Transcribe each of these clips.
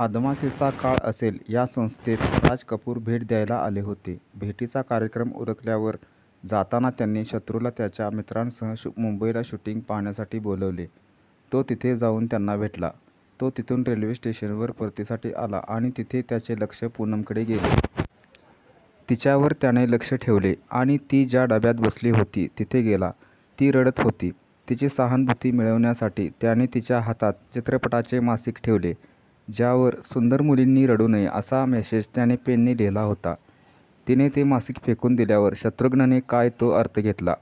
आदमासे चा काळ असेल, या संस्थेत राजकपूर भेट द्यायला आले होते. भेटीचा कार्यक्रम उरकल्यावर जाताना त्यांनी शत्रूला त्याच्या मित्रांसह मुंबईला शुटींग पाहण्यासाठी बोलवले. तो तिथे जाऊन त्यांना भेटला. तो तिथून रेल्वे स्टेशनवर परतीसाठी आला आणि तिथे त्याचे लक्ष पूनमकडे गेले. तिच्यावर त्याने लक्ष ठेवले आणि ती ज्या डब्यात बसली होती तिथे गेला. ती रडत होती, तिची सहानुभूती मिळवण्यासाठी त्याने तिच्या हातात चित्रपटाचे मासिक ठेवले ज्यावर सुंदर मुलीनी रडू नये असा मेसेज त्याने पेनने लिहिला होता, तिने ते मासिक फेकून दिल्यावर शत्रुघ्नने काय तो अर्थ घेतला.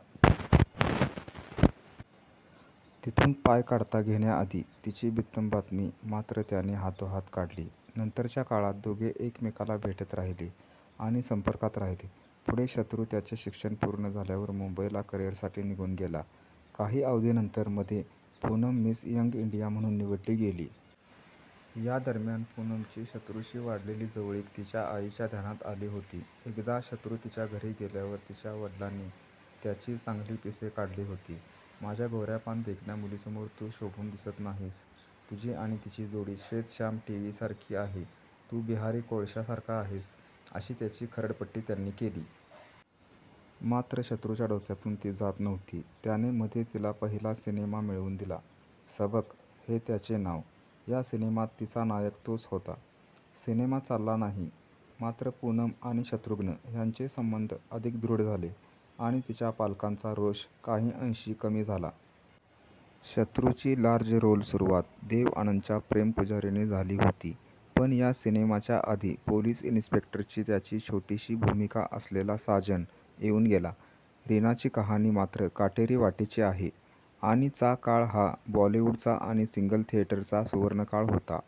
तिथून पाय काढता घेण्याआधी तिची बित्तंबातमी मात्र त्याने हातोहात काढली. नंतरच्या काळात दोघे एकेमकाला भेटत राहिले आणि संपर्कात राहिले. पुढे शत्रू त्याचे शिक्षण पूर्ण झाल्यावर मुंबईला करिअरसाठी निघून गेला. काही अवधीनंतर मध्ये पूनम मिस यंग इंडिया म्हणून निवडली गेली. यादरम्यान पूनमची शत्रूशी वाढलेली जवळीक तिच्या आईच्या ध्यानात आली होती. एकदा शत्रू तिच्या घरी गेल्यावर तिच्या वडिलांनी त्याची चांगली पिसे काढली होती. "माझ्या गोऱ्यापान देखण्या मुलीसमोर तू शोभून दिसत नाहीस तुझी आणि तिची जोडी श्वेतशाम टीव्ही सारखी आहे, तू बिहारी कोळशासारखा आहेस" अशी त्याची खरडपट्टी त्यांनी केली. मात्र शत्रूच्या डोक्यातून ती जात नव्हती, त्याने मध्ये तिला पहिला सिनेमा मिळवून दिला 'सबक' हे त्याचे नाव. या सिनेमात तिचा नायक तोच होता. सिनेमा चालला नाही मात्र पूनम आणि शत्रुघ्न यांचे संबंध अधिक दृढ झाले आणि तिच्या पालकांचा रोष काही अंशी कमी झाला. शत्रूची लार्ज रोल सुरुवात देवआनंदच्या प्रेमपुजारीने झाली होती पण या सिनेमाच्या आधी पोलीस इन्स्पेक्टरची त्याची छोटीशी भूमिका असलेला 'साजन' येऊन गेला. रीनाची कहानी मात्र काटेरी वाटेची आहे. आणि चा काळ हा बॉलिवूडचा आणि सिंगल थियेटरचा सुवर्णकाळ होता.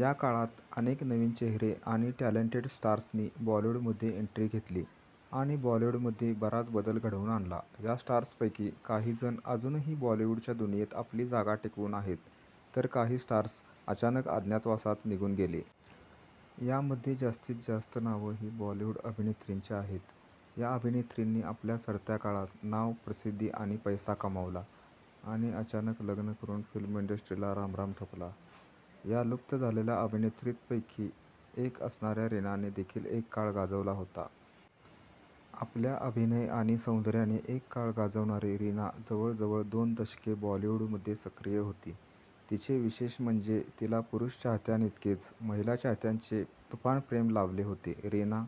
या काळात अनेक नवीन चेहरे आणि टॅलेंटेड स्टार्सनी बॉलिवूडमध्ये एन्ट्री घेतली आणि बॉलिवूडमध्ये बराच बदल घडवून आणला. या स्टार्सपैकी काहीजण अजूनही बॉलिवूडच्या दुनियेत आपली जागा टिकवून आहेत, तर काही स्टार्स अचानक अज्ञातवासात निघून गेले. यामध्ये जास्तीत जास्त नावं ही बॉलिवूड अभिनेत्रींची आहेत. या अभिनेत्रींनी आपल्या चढत्या काळात नाव, प्रसिद्धी आणि पैसा कमावला आणि अचानक लग्न करुन फिल्म इंडस्ट्रीला रामराम ठोकला. या लुप्त झालेल्या अभिनेत्रीतपैकी एक असणाऱ्या रीनाने देखील एक काळ गाजवला होता. आपल्या अभिनय आणि सौंदर्याने एक काळ गाजवणारी रीना जवळजवळ दोन दशके बॉलीवूडमध्ये सक्रीय होती. तिचे विशेष म्हणजे तिला पुरुष चाहत्यांइतकेच महिला चाहत्यांचे तुफान प्रेम लाभले होते. रीना